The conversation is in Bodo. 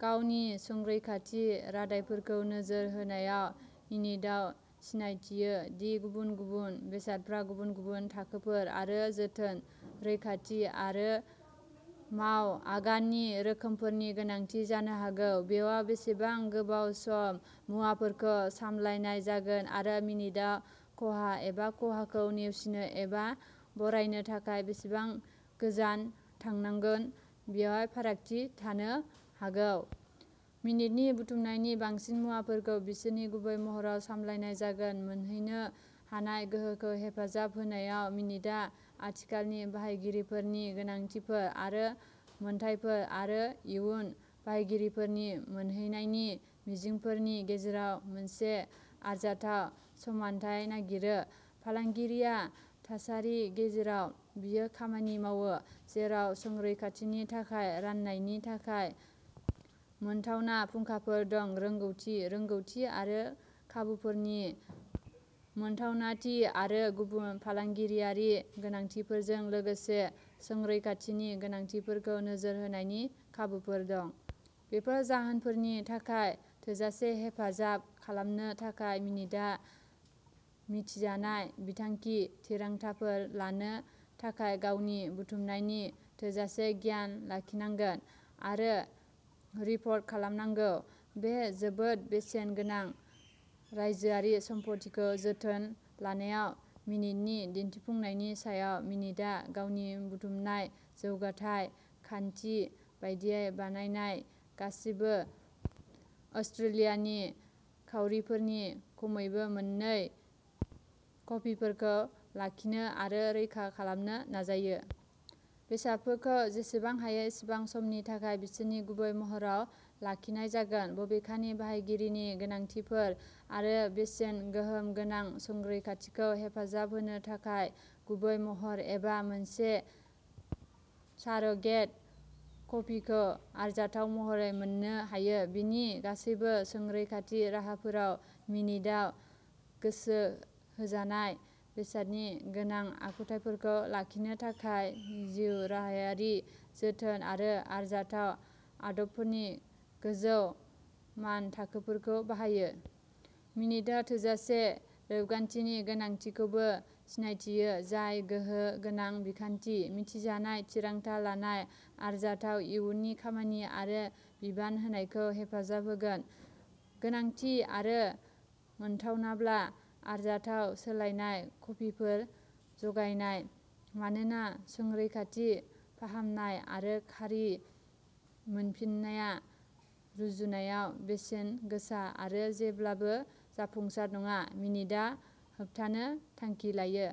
गावनि संरैखाथि रादायफोरखौ नोजोर होनायाव, मिन्टआ सिनायथियो दि गुबुन-गुबुन बेसादफोरा गुबुन-गुबुन थाखोफोर आरो जोथोन, रैखाथि आरो मावआगाननि रोखोमफोरनि गोनांथि जानो हागौ। बेयाव बेसेबां गोबाव सम मुवाफोरखौ सामलायनाय जागोन, आरो मिन्टआ खहा एबा खहाखौ नेवसिनो एबा बारायनो थाखाय बेसेबां गोजान थांगोन, बेयाव फारागथि थानो हागौ। मिन्टनि बुथुमनायनि बांसिन मुवाफोरखौ बिसोरनि गुबै महराव सामलायनाय जागोन। मोनहैनो हानाय गोहोखौ हेफाजाब होनायाव, मिन्टआ आथिखालनि बाहायगिरिफोरनि गोनांथिफोर आरो मोनथायफोर आरो इयुन बाहायगिरिफोरनि मोनहैनायनि मिजिंफोरनि गेजेराव मोनसे आरजाथाव समानथाय नागिरो। फालांगियारि थासारि जेराव बेयो खामानि मावो, जेराव संरैखाथिनि थाखाय राननायनि थाखाय मोनथावना फुंखाफोर दं; रोंग'थि रोंग'थि आरो खाबुफोरनि मोनथावनाथि; आरो गुबुन फालांगियारि गोनांथिफोरजों लोगोसे संरैखाथिनि गोनांथिफोरखौ नोजोर होनायनि खाबुफोर दं। बेफोर जाहोनफोरनि थाखाय थोजासे हिसाब खालामनो थाखाय, मिन्टआ मिथिजानाय बिथांखि थिरांथाफोर लानो थाखाय गावनि बुथुमनायनि थोजासे गियान लाखिनांगोन, आरो रिपर्ट खालामनांगौ। बे जोबोद बेसेन गोनां रायजोआरि सम्फथिखौ जोथोन लानायाव मिन्टनि दिन्थिफुंनायनि सायाव। मिन्टआ गावनि बुथुमनाय जौगाथाय खान्थि बायदियै बानायनाय गासिबो अस्ट्रेलियानि खाउरिफोरनि खमैबो मोननै कपिफोरखौ लाखिनो आरो रैखा खालामनो नाजायो। बेसादफोरखौ जेसेबां हायो एसेबां समनि थाखाय बिसोरनि गुबै महराव लाखिनाय जागोन, बबेखानि बाहायगिरिनि गोनांथिफोर आरो बेसेन-गोहोम गोनां संरैखाथिखौ हेफाजाब होनो थाखाय गुबै महर एबा मोनसे सारोगेट कपिखौ आरजाथाव महरै मोननो हायो। बेनि गासैबो संरैखाथि राहाफोराव, मिन्टआ गोसो होजानाय बेसादनि गोनां आखुथायफोरखौ लाखिनो थाखाय जिउराहायारि जोथोन आरो आरजाथाव आदबफोरनि गोजौ मानथाखोफोरखौ बाहायो। मिन्टआ थोजासे रेबगान्थिनि गोनांथिखौबो सिनायथियो जाय गोहोम गोनां बिथांखि, मिथिजानाय थिरांथा लानाय, आरजाथाव इयुननि खामानि आरो बिबान होनायखौ हेफाजाब होगोन। गोनांथि आरो मोनथावनाब्ला आरजाथाव सोलायनाय कपिफोर जगायनाय। मानोना संरैखाथि फाहामनाय आरो खारि मोनफिननाया रुजुनायाव बेसेन गोसा आरो जेब्लाबो जाफुंसार नङा, मिन्टआ होबथानो थांखि लायो।